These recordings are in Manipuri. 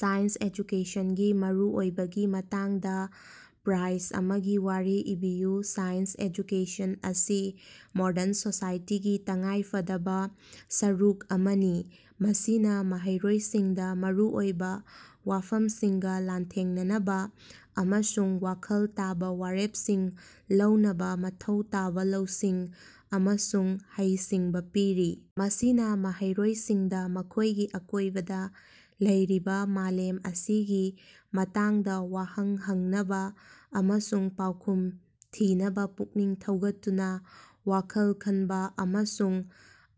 ꯁꯥꯏꯟꯁ ꯑꯦꯖꯨꯀꯦꯁꯟꯒꯤ ꯃꯔꯨꯑꯣꯏꯕꯒꯤ ꯃꯇꯥꯡꯗꯥ ꯄ꯭ꯔ꯭ꯏꯁ ꯑꯃꯒꯤ ꯋꯥꯔꯤ ꯑꯃꯥ ꯏꯕꯤꯌꯨ꯫ ꯁꯥꯏꯟꯁ ꯑꯦꯖꯨꯀꯦꯁꯟ ꯑꯁ ꯃꯣꯗꯔꯟ ꯁꯣꯁꯥꯏꯇꯤꯒꯤ ꯇꯉꯥꯏꯐꯗꯕꯥ ꯁꯔꯨꯛ ꯑꯃꯅꯤ, ꯃꯁꯤꯅꯥ ꯃꯍꯩꯔꯣꯏꯁꯤꯡꯗꯥ ꯑꯔꯨꯕꯥ ꯋꯥꯐꯝꯁꯤꯡꯒꯥ ꯂꯥꯟꯊꯦꯡꯅꯅꯕꯥ ꯑꯃꯁꯨꯡ ꯋꯥꯈꯜ ꯇꯥꯕꯥ ꯋꯥꯔꯦꯞꯁꯤꯡ ꯂꯧꯅꯕꯥ ꯃꯊꯧ ꯇꯥꯕꯥ ꯂꯧꯁꯤꯡ ꯑꯃꯁꯨꯡ ꯍꯩꯁꯤꯡꯕꯥ ꯄꯤꯔꯤ꯫ ꯃꯁꯤꯅꯥ ꯃꯍꯩꯔꯣꯌꯁꯤꯡꯗꯥ ꯃꯈꯣꯢꯒꯤ ꯑꯀꯣꯢꯕꯗꯥ ꯂꯩꯔꯤꯕꯥ ꯃꯥꯂꯦꯝ ꯑꯁꯤꯒꯤ ꯃꯇꯥꯡꯗꯥ ꯋꯥꯍꯪ ꯍꯪꯅꯕꯥ ꯑꯃꯁꯨꯡ ꯄꯥꯎꯈꯨꯝ ꯊꯤꯅꯕꯥ ꯄꯨꯛꯅꯤꯡ ꯊꯧꯒꯠꯇꯨꯅꯥ ꯋꯥꯈꯜ ꯈꯟꯕꯥ ꯑꯃꯁꯨꯡ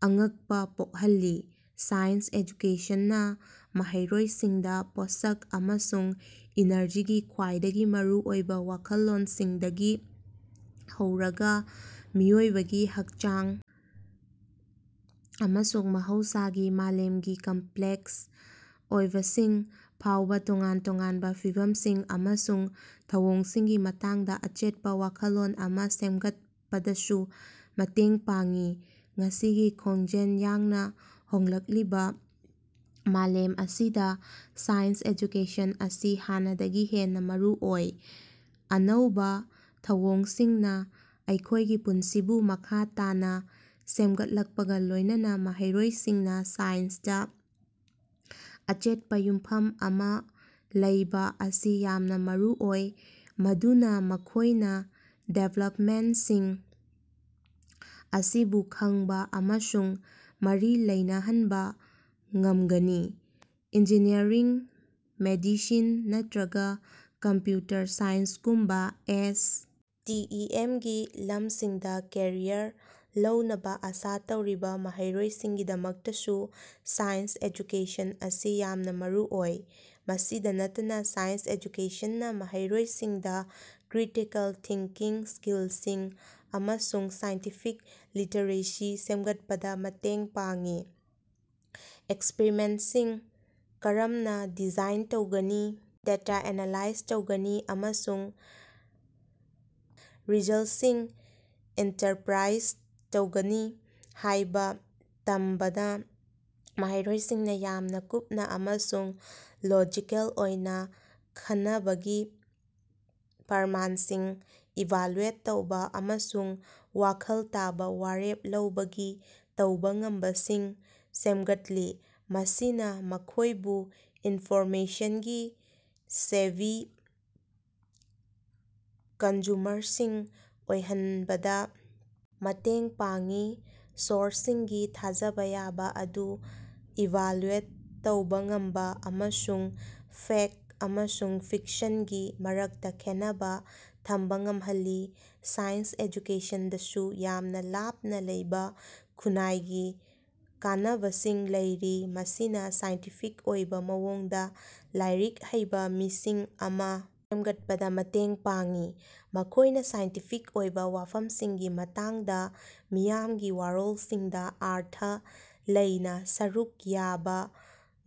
ꯑꯉꯛꯄꯥ ꯄꯣꯛꯍꯜꯂꯤ꯫ ꯁꯥꯏꯟꯁ ꯑꯦꯖꯨꯀꯦꯁꯟꯅꯥ ꯃꯍꯩꯔꯣꯌꯁꯤꯡꯗꯥ ꯄꯣꯠꯁꯛ ꯑꯃꯁꯨꯡ ꯏꯅꯔꯖꯤꯒꯤ ꯈ꯭ꯋꯥꯏꯗꯒꯤ ꯃꯔꯨ ꯑꯣꯏꯕꯥ ꯋꯥꯈꯜꯂꯣꯟꯁꯤꯡꯗꯒꯤ ꯍꯧꯔꯒꯥ ꯃꯤꯑꯣꯏꯕꯒꯤ ꯍꯛꯆꯥꯡ ꯑꯃꯁꯨꯡ ꯃꯍꯧꯁꯥꯒꯤ ꯃꯥꯂꯦꯝꯒꯤ ꯀꯝꯄ꯭ꯂꯦꯛꯁ ꯑꯣꯏꯕꯁꯤꯡ ꯐꯥꯎꯕꯥ ꯇꯣꯉꯥꯟ ꯇꯣꯉꯥꯟꯕꯥ ꯐꯤꯚꯝꯁꯤꯡ ꯑꯃꯁꯨꯡ ꯊꯧꯑꯣꯡꯁꯤꯡꯒꯤ ꯃꯇꯥꯡꯗꯥ ꯑꯆꯦꯠꯄꯥ ꯋꯥꯈꯜꯂꯣꯟ ꯑꯃꯥ ꯁꯦꯝꯒꯠꯄꯗꯁꯨ ꯃꯇꯦꯡ ꯄꯥꯡꯏ꯫ ꯉꯁꯤꯒꯤ ꯈꯣꯟꯖꯦꯜ ꯌꯥꯡꯅꯥ ꯍꯣꯡꯂꯛꯂꯤꯕꯥ ꯃꯥꯂꯦꯝ ꯑꯁꯤꯗꯥ ꯁꯥꯏꯟꯁ ꯑꯦꯖꯨꯀꯦꯁꯟ ꯑꯁꯤ ꯍꯥꯟꯅꯗꯒꯤ ꯍꯦꯟꯅꯥ ꯃꯔꯨꯑꯣꯏ꯫ ꯑꯅꯧꯕꯥ ꯇꯦꯛꯅꯣꯂꯣꯖꯤꯁꯤꯡ ꯑꯃꯁꯨꯡ ꯑꯅꯧꯕꯥ ꯊꯧꯑꯣꯡꯁꯤꯡꯅꯥ ꯑꯩꯈꯣꯢꯒꯤ ꯄꯨꯟꯁꯤꯕꯨ ꯃꯈꯥ ꯇꯥꯅꯥ ꯁꯦꯃꯒꯠꯂꯛꯄꯒꯥ ꯂꯣꯢꯅꯅꯥ ꯃꯍꯩꯔꯣꯏꯁꯤꯡꯅꯥ ꯁꯥꯏꯟꯁꯇꯥ ꯑꯆꯦꯠꯄꯥ ꯌꯨꯝꯐꯝ ꯑꯃꯥ ꯂꯩꯕꯥ ꯑꯁꯤ ꯌꯥꯝꯅꯥ ꯃꯔꯨ ꯑꯣꯏ, ꯃꯗꯨꯅꯥ ꯃꯈꯣꯢꯅꯥ ꯗꯤꯕꯦꯂꯞꯃꯦꯟꯇꯁꯤꯡ ꯑꯁꯤꯕꯨ ꯈꯪꯕꯥ ꯑꯃꯁꯨꯡ ꯃꯔꯤ ꯂꯩꯅꯍꯟꯕꯥ ꯉꯃꯒꯅꯤ꯫ ꯏꯟꯖꯤꯅꯤꯌꯔꯤꯡ, ꯃꯦꯗꯤꯁꯤꯟ, ꯅꯠꯇ꯭ꯔꯒꯥ ꯀꯝꯄ꯭ꯌꯨꯇꯔ ꯁꯥꯏꯟꯁꯒꯨꯝꯕꯥ ꯑꯦꯁ. ꯇꯤ. ꯏ. ꯑꯦꯝ. ꯒꯤ ꯂꯃꯁꯤꯡꯗꯥ ꯀꯦꯔꯤꯌꯔ ꯂꯧꯅꯕꯥ ꯑꯥꯁꯥ ꯇꯧꯔꯤꯕꯥ ꯃꯍꯩꯔꯣꯏꯁꯤꯡꯒꯤꯗꯃꯛꯇꯁꯨ ꯁꯥꯏꯟꯁ ꯑꯦꯖꯨꯀꯦꯁꯟ ꯑꯁꯤ ꯌꯥꯝꯅꯥ ꯃꯔꯨꯑꯣꯏ꯫ ꯃꯁꯤꯗꯥ ꯅꯠꯇꯅꯥ ꯁꯥꯏꯟꯁ ꯑꯦꯖꯨꯀꯦꯁꯟꯅꯥ ꯃꯍꯩꯔꯣꯏꯁꯤꯡꯗꯥ ꯀ꯭ꯔꯤꯇꯤꯀꯦꯜ ꯊꯤꯡꯀꯤꯡ ꯁ꯭ꯀꯤꯜꯁꯤꯡ ꯑꯃꯁꯨꯡ ꯁꯥꯏꯟꯇꯤꯐꯤꯛ ꯂꯤꯇ꯭ꯔꯦꯁꯤ ꯁꯦꯝꯒꯠꯄꯗꯥ ꯃꯇꯦꯡ ꯄꯥꯡꯏ꯫ ꯑꯦꯛꯁꯄꯔꯤꯃꯦꯟꯇꯁꯤꯡ ꯀꯔꯝꯅꯥ ꯗꯤꯖꯥꯏꯟ ꯇꯧꯒꯅꯤ, ꯗꯦꯇꯥ ꯑꯦꯅꯥꯂꯥꯏꯖ ꯇꯧꯒꯅꯤ ꯑꯃꯁꯨꯡ ꯔꯤꯖꯜꯇꯁꯤꯡ ꯏꯟꯇꯔꯄ꯭ꯔꯥꯏꯖ ꯇꯧꯒꯅꯤ ꯍꯥꯢꯕꯥ ꯇꯝꯕꯅꯥ ꯃꯍꯩꯔꯣꯏꯁꯤꯡꯅꯥ ꯌꯥꯝꯅꯥ ꯀꯨꯞꯅꯥ ꯑꯃꯁꯨꯡ ꯂꯣꯖꯤꯀꯦꯜ ꯑꯣꯏꯅꯥ ꯈꯅꯕꯒꯤ, ꯄ꯭ꯔꯃꯥꯟꯁꯤꯡ ꯏꯚꯥꯂꯨꯑꯦꯠ ꯇꯧꯕꯥ ꯑꯃꯁꯨꯡ ꯋꯥꯈꯜ ꯇꯥꯕꯥ ꯋꯥꯔꯦꯞ ꯂꯧꯕꯒꯤ ꯇꯧꯕꯥ ꯉꯝꯕꯁꯤꯡ ꯁꯦꯃꯒꯠꯂꯤ꯫ ꯃꯁꯤꯅꯥ ꯃꯈꯣꯢꯕꯨ ꯏꯟꯐꯣꯔꯃꯦꯁꯟꯒꯤ ꯁꯦꯚꯤ ꯀꯟꯖꯨꯃꯔꯁꯤꯡ ꯑꯣꯏꯍꯅꯕꯗꯥ ꯃꯇꯦꯡ ꯄꯥꯡꯏ, ꯁꯣꯔꯁꯁꯤꯡꯒꯤ ꯊꯥꯖꯕꯥ ꯌꯥꯕꯥ ꯑꯗꯨ ꯏꯚꯥꯜꯌꯨꯑꯦꯠ ꯇꯧꯕꯥ ꯉꯝꯕꯥ ꯑꯃꯁꯨꯡ ꯐꯦꯛꯇ ꯑꯃꯁꯨꯡ ꯐꯤꯛꯁꯟꯒꯤ ꯃꯔꯛꯇꯥ ꯈꯦꯠꯅꯕꯥ ꯊꯝꯕꯥ ꯉꯃꯍꯜꯂꯤ꯫ ꯁꯥꯏꯟꯁ ꯑꯦꯖꯨꯀꯦꯁꯟꯗꯁꯨ ꯌꯥꯝꯅꯥ ꯂꯥꯞꯅꯥ ꯂꯩꯕꯥ ꯈꯨꯟꯅꯥꯏꯒꯤ ꯀꯥꯟꯅꯕꯁꯤꯡ ꯂꯩꯔꯤ꯫ ꯃꯁꯤꯅꯥ ꯁꯥꯏꯟꯇꯤꯐꯤꯛ ꯑꯣꯏꯕꯥ ꯃꯑꯣꯡꯗꯥ ꯂꯥꯏꯔꯤꯛ ꯍꯩꯕꯥ ꯃꯤꯁꯤꯡ ꯑꯃꯥ ꯁꯦꯃꯒꯠꯄꯗꯥ ꯃꯇꯦꯡ ꯄꯥꯡꯏ꯫ ꯃꯈꯣꯢꯅꯥ ꯁꯥꯏꯟꯇꯤꯐꯤꯛ ꯑꯣꯏꯕꯥ ꯋꯥꯐꯝꯁꯤꯡꯒꯤ ꯃꯇꯥꯡꯗꯥ ꯃꯤꯌꯥꯝꯒꯤ ꯋꯥꯔꯣꯜꯁꯤꯡꯗꯥ ꯑꯔꯊ ꯂꯩꯅꯥ ꯁꯔꯨꯛ ꯌꯥꯕꯥ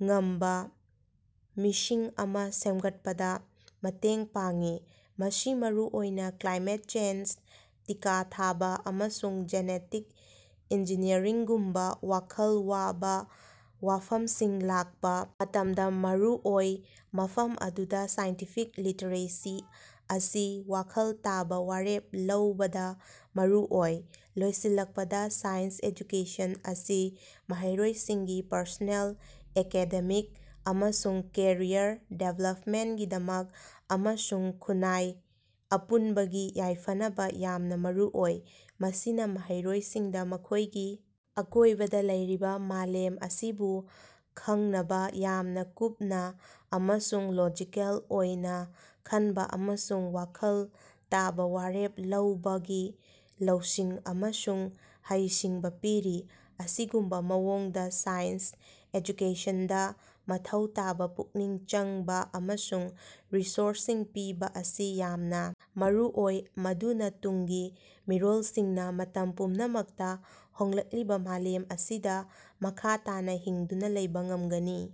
ꯉꯝꯕꯥ ꯃꯤꯁꯤꯡ ꯑꯃꯥ ꯁꯦꯝꯒꯠꯄꯗꯥ ꯃꯇꯦꯡ ꯄꯥꯡꯏ꯫ ꯃꯁꯤ ꯃꯔꯨꯑꯣꯏꯅꯥ ꯀ꯭ꯂꯥꯏꯃꯦꯠ ꯆꯦꯟꯖ, ꯇꯤꯀꯥ ꯊꯥꯕꯥ, ꯑꯃꯁꯨꯡ ꯖꯦꯅꯦꯇꯤꯛ ꯏꯟꯖꯤꯅꯤꯌꯔꯤꯡꯒꯨꯝꯕꯥ ꯋꯥꯈꯜ ꯋꯥꯕꯥ ꯋꯥꯐꯃꯁꯤꯡ ꯂꯥꯛꯄꯥ ꯃꯇꯝꯗꯥ ꯃꯔꯨ ꯑꯣꯏ, ꯃꯐꯝ ꯑꯗꯨꯗꯥ ꯁꯥꯏꯟꯇꯤꯐꯤꯛ ꯂꯤꯇ꯭ꯔꯦꯁꯤ ꯑꯁꯤ ꯋꯥꯈꯜ ꯇꯥꯕꯥ ꯋꯥꯔꯦꯞ ꯂꯧꯕꯗꯥ ꯃꯔꯨ ꯑꯣꯏ꯫ ꯂꯣꯏꯁꯤꯜꯂꯛꯄꯗꯥ, ꯁꯥꯏꯟꯁ ꯑꯦꯖꯨꯀꯦꯁꯟ ꯑꯁꯤ ꯃꯍꯩꯔꯣꯏꯁꯤꯡꯒꯤ ꯄꯔꯁꯣꯅꯦꯜ, ꯑꯦꯀꯥꯗꯦꯃꯤꯛ ꯑꯃꯁꯨꯡ ꯀꯦꯔꯤꯌꯔ ꯗꯤꯕꯦꯂꯄꯃꯦꯟꯇꯀꯤꯗꯃꯛ ꯑꯃꯁꯨꯡ ꯈꯨꯟꯅꯥꯏ ꯑꯄꯨꯟꯕꯒꯤ ꯌꯥꯏꯐꯅꯕꯥ ꯌꯥꯝꯅꯥ ꯃꯔꯨꯑꯣꯏ꯫ ꯃꯁꯤꯅꯥ ꯃꯍꯩꯔꯣꯏꯁꯤꯡꯗꯥ ꯃꯈꯣꯢꯒꯤ ꯑꯀꯣꯢꯕꯗꯥ ꯂꯩꯔꯤꯕꯥ ꯃꯥꯂꯦꯝ ꯑꯁꯤꯕꯨ ꯈꯪꯅꯕꯥ ꯌꯥꯝꯅꯥ ꯀꯨꯞꯅꯥ ꯑꯃꯁꯨꯡ ꯂꯣꯖꯤꯀꯦꯜ ꯑꯣꯏꯅꯥ ꯈꯟꯕꯥ ꯑꯃꯁꯨꯡ ꯋꯥꯈꯜ ꯇꯥꯕꯥ ꯋꯥꯔꯦꯞ ꯂꯧꯕꯒꯤ ꯂꯧꯁꯤꯡ ꯑꯃꯁꯨꯡ ꯍꯩꯁꯤꯡꯕꯥ ꯄꯤꯔꯤ꯫ ꯑꯁꯤꯒꯨꯝꯕꯥ ꯃꯑꯣꯡꯗꯥ ꯁꯥꯏꯟꯁ ꯑꯦꯖꯨꯀꯦꯁꯟꯗꯥ ꯃꯊꯧ ꯇꯥꯕꯥ ꯄꯨꯛꯅꯤꯡ ꯆꯪꯕꯥ ꯑꯃꯁꯨꯡ ꯔꯤꯁꯣꯔꯁꯁꯤꯡ ꯄꯤꯕꯥ ꯑꯁꯤ ꯌꯥꯝꯅꯥ ꯃꯔꯨꯑꯣꯏ ꯃꯗꯨꯅꯥ ꯇꯨꯡꯒꯤ ꯃꯤꯔꯣꯜꯁꯤꯡꯅꯥ ꯃꯇꯝ ꯄꯨꯝꯅꯃꯛꯇꯥ ꯍꯣꯡꯂꯛꯂꯤꯕꯥ ꯃꯥꯂꯦꯝ ꯑꯁꯤꯗꯥ ꯃꯈꯥ ꯇꯥꯅꯥ ꯍꯤꯡꯗꯨꯅꯥ ꯂꯩꯕꯥ ꯉꯃꯒꯅꯤ꯫